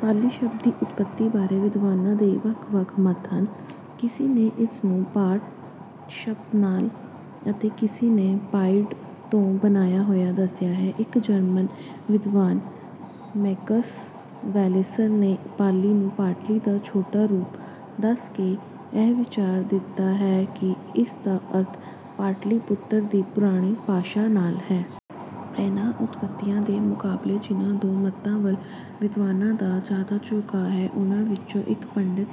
ਪਾਲੀ ਸ਼ਬਦ ਦੀ ਉਤਪੱਤੀ ਬਾਰੇ ਵਿਦਵਾਨਾਂ ਦੇ ਵੱਖ ਵੱਖ ਮਤ ਹਨ। ਕਿਸੇ ਨੇ ਇਸਨੂੰ ਪਾਠ ਸ਼ਬਦ ਨਾਲ ਅਤੇ ਕਿਸੇ ਨੇ ਪਾਇਡ ਤੋਂ ਬਣਿਆ ਹੋਇਆ ਦੱਸਿਆ ਹੈ। ਇੱਕ ਜਰਮਨ ਵਿਦਵਾਨ ਮੈਕਸ ਵੈਲੇਸਰ ਨੇ ਪਾਲੀ ਨੂੰ ਪਾਟਲੀ ਦਾ ਛੋਟਾ ਰੂਪ ਦੱਸਕੇ ਇਹ ਵਿਚਾਰ ਦਿੱਤਾ ਹੈ ਕਿ ਇਸਦਾ ਅਰਥ ਪਾਟਲੀਪੁਤਰ ਦੀ ਪੁਰਾਣੀ ਭਾਸ਼ਾ ਨਾਲ ਹੈ। ਇਨ੍ਹਾਂ ਉਤਪੱਤੀਆਂ ਦੇ ਮੁਕਾਬਲੇ ਜਿਨ੍ਹਾਂ ਦੋ ਮਤਾਂ ਵੱਲ ਵਿਦਵਾਨਾਂ ਦਾ ਜਿਆਦਾ ਝੁਕਾਅ ਹੈ ਉਨ੍ਹਾਂ ਵਿੱਚੋਂ ਇੱਕ ਪੰਡਿਤ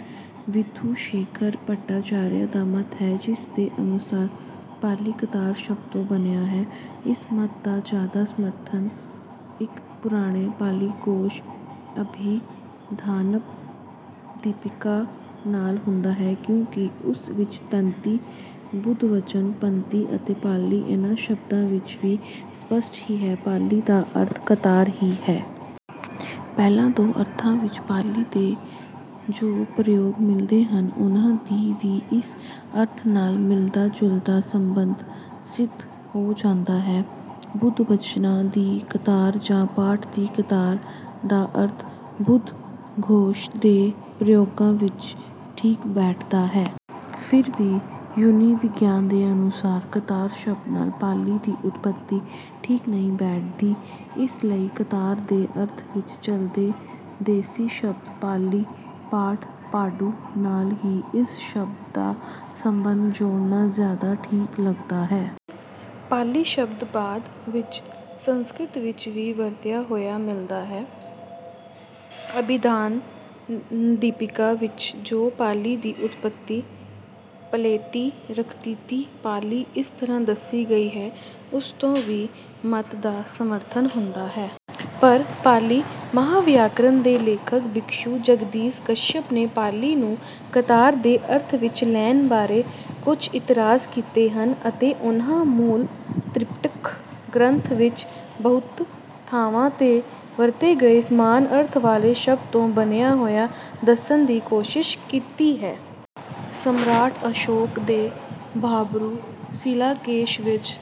ਵਿਧੁਸ਼ੇਖਰ ਭੱਟਾਚਾਰੀਆ ਦਾ ਮਤ ਹੈ ਜਿਸਦੇ ਅਨੁਸਾਰ ਪਾਲੀ ਕਤਾਰ ਸ਼ਬਦ ਤੋਂ ਬਣਿਆ ਹੈ। ਇਸ ਮਤ ਦਾ ਜਿਆਦਾ ਸਮਰਥਨ ਇੱਕ ਪੁਰਾਣੇ ਪਾਲੀ ਕੋਸ਼ ਅਭਿਧਾਨੱਪਦੀਪਿਕਾ ਨਾਲ ਹੁੰਦਾ ਹੈ ਕਿਉਂਕਿ ਉਸ ਵਿੱਚ ਤੰਤੀ ਬੁੱਧਵਚਨ ਪੰਤੀ ਅਤੇ ਪਾਲੀ ਇਨ੍ਹਾਂ ਸ਼ਬਦਾਂ ਵਿੱਚ ਵੀ ਸਪੱਸ਼ਟ ਹੀ ਪਾਲੀ ਦਾ ਅਰਥ ਕਤਾਰ ਹੀ ਹੈ। ਪਹਿਲੇ ਦੋ ਅਰਥਾਂ ਵਿੱਚ ਪਾਲੀ ਦੇ ਜੋ ਪ੍ਰਯੋਗ ਮਿਲਦੇ ਹਨ ਉਨ੍ਹਾਂ ਦੀ ਵੀ ਇਸ ਅਰਥ ਨਾਲ ਮਿਲਦਾ ਜੁਲਦਾ ਸਬੰਧ ਸਿੱਧ ਹੋ ਜਾਂਦਾ ਹੈ। ਬੁੱਧਵਚਨਾਂ ਦੀ ਕਤਾਰ ਜਾਂ ਪਾਠ ਦੀ ਕਤਾਰ ਦਾ ਅਰਥ ਬੁੱਧਘੋਸ਼ ਦੇ ਪ੍ਰਯੋਗਾਂ ਵਿੱਚ ਠੀਕ ਬੈਠਦਾ ਹੈ। ਫਿਰ ਵੀ ਧੁਨੀਵਿਗਿਆਨ ਦੇ ਅਨੁਸਾਰ ਕਤਾਰ ਸ਼ਬਦ ਨਾਲ ਪਾਲੀ ਦੀ ਉਤਪੱਤੀ ਠੀਕ ਨਹੀਂ ਬੈਠਦੀ। ਇਸ ਲਈ ਕਤਾਰ ਦੇ ਅਰਥ ਵਿੱਚ ਚਲਦੇ ਦੇਸ਼ੀ ਸ਼ਬਦ ਪਾਲੀ ਪਾਠ ਪਾਡੂ ਨਾਲ ਹੀ ਇਸ ਸ਼ਬਦ ਦਾ ਸਬੰਧ ਜੋੜਨਾ ਜਿਆਦਾ ਠੀਕ ਲੱਗਦਾ ਹੈ। ਪਾਲੀ ਸ਼ਬਦ ਬਾਅਦ ਵਿੱਚ ਸੰਸਕ੍ਰਿਤ ਵਿੱਚ ਵੀ ਵਰਤਿਆ ਹੋਇਆ ਮਿਲਦਾ ਹੈ। ਅਭਿਧਾਨੱਪਦੀਪਿਕਾ ਵਿੱਚ ਜੋ ਪਾਲੀ ਦੀ ਉਤਪੱਤੀ ਪਾਲੇਤੀ ਰੱਖਤੀਤੀ ਪਾਲੀ ਇਸ ਤਰ੍ਹਾਂ ਦੱਸੀ ਗਈ ਹੈ ਉਸਤੋਂ ਵੀ ਇਸ ਮਤ ਦਾ ਸਮਰਥਨ ਹੁੰਦਾ ਹੈ। ਪਰ ਪਾਲੀ ਮਹਾਵਿਆਕਰਨ ਦੇ ਲੇਖਕ ਭਿਕਸ਼ੂ ਜਗਦੀਸ਼ ਕਸ਼ਿਅਪ ਨੇ ਪਾਲੀ ਨੂੰ ਕਤਾਰ ਦੇ ਅਰਥ ਵਿੱਚ ਲੈਣ ਬਾਰੇ ਕੁੱਝ ਇਤਰਾਜ਼ ਕੀਤੇ ਹਨ ਅਤੇ ਉਸਨੂੰ ਮੂਲ ਤ੍ਰਿਪਿਟਕ ਗ੍ਰੰਥਾਂ ਵਿੱਚ ਬਹੁਤ ਥਾਵਾਂ ਤੇ ਵਰਤੇ ਗਏ ਸਮਾਨ ਅਰਥ ਵਾਲੇ ਸ਼ਬਦ ਤੋਂ ਬਣਿਆ ਹੋਇਆ ਦੱਸਣ ਦੀ ਕੋਸ਼ਿਸ਼ ਕੀਤੀ ਹੈ। ਸਮਰਾਟ ਅਸ਼ੋਕ ਦੇ ਭਾਬਰੂ ਸ਼ਿਲਾਲੇਖ ਵਿੱਚ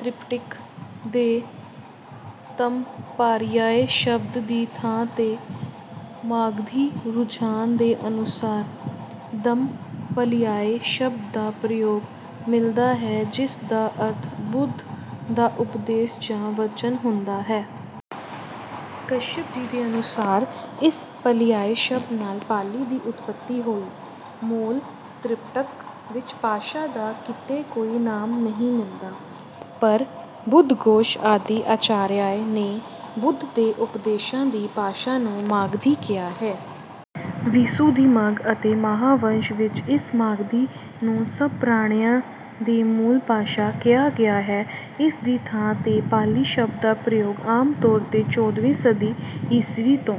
ਤ੍ਰਿਪਿਟਕ ਦੇ ਧੰਮਪਰਿਆਏ ਸ਼ਬਦ ਦੀ ਥਾਂ ਤੇ ਮਾਗਧੀ ਰੁਝਾਨ ਦੇ ਅਨੁਸਾਰ ਧੰਮ ਪਲਿਆਏ ਸ਼ਬਦ ਦਾ ਪ੍ਰਯੋਗ ਮਿਲਦਾ ਹੈ ਜਿਸਦਾ ਅਰਥ ਬੁੱਧ ਦਾ ਉਪਦੇਸ਼ ਜਾਂ ਵਚਨ ਹੁੰਦਾ ਹੈ। ਕਸ਼ਿਅਪ ਜੀ ਦੇ ਅਨੁਸਾਰ ਇਸ ਪਲਿਆਏ ਸ਼ਬਦ ਨਾਲ ਪਾਲੀ ਦੀ ਉਤਪੱਤੀ ਹੋਈ। ਮੂਲ ਤ੍ਰਿਪਿਟਕ ਵਿੱਚ ਭਾਸ਼ਾ ਦਾ ਕਿਤੇ ਕੋਈ ਨਾਮ ਨਹੀਂ ਮਿਲਦਾ। ਪਰ ਬੁੱਧਘੋਸ਼ ਆਦਿ ਆਚਾਰੀਆਂ ਨੇ ਬੁੱਧ ਦੇ ਉਪਦੇਸ਼ਾਂ ਦੀ ਭਾਸ਼ਾ ਨੂੰ ਮਾਗਧੀ ਕਿਹਾ ਹੈ। ਵਿਸੁੱਧਿਮੱਗ ਅਤੇ ਮਹਾਵੰਸ ਵਿੱਚ ਇਸ ਮਾਗਧੀ ਨੂੰ ਸਭ ਪ੍ਰਾਣੀਆਂ ਦੀ ਮੂਲ ਭਾਸ਼ਾ ਕਿਹਾ ਗਿਆ ਹੈ। ਉਸ ਦੀ ਥਾਂ ਤੇ ਪਾਲੀ ਸ਼ਬਦ ਦਾ ਪ੍ਰਯੋਗ ਆਮ ਤੌਰ ਤੇ ਚੌਦਵੀਂ ਸਦੀ ਈਸਵੀ ਤੋਂ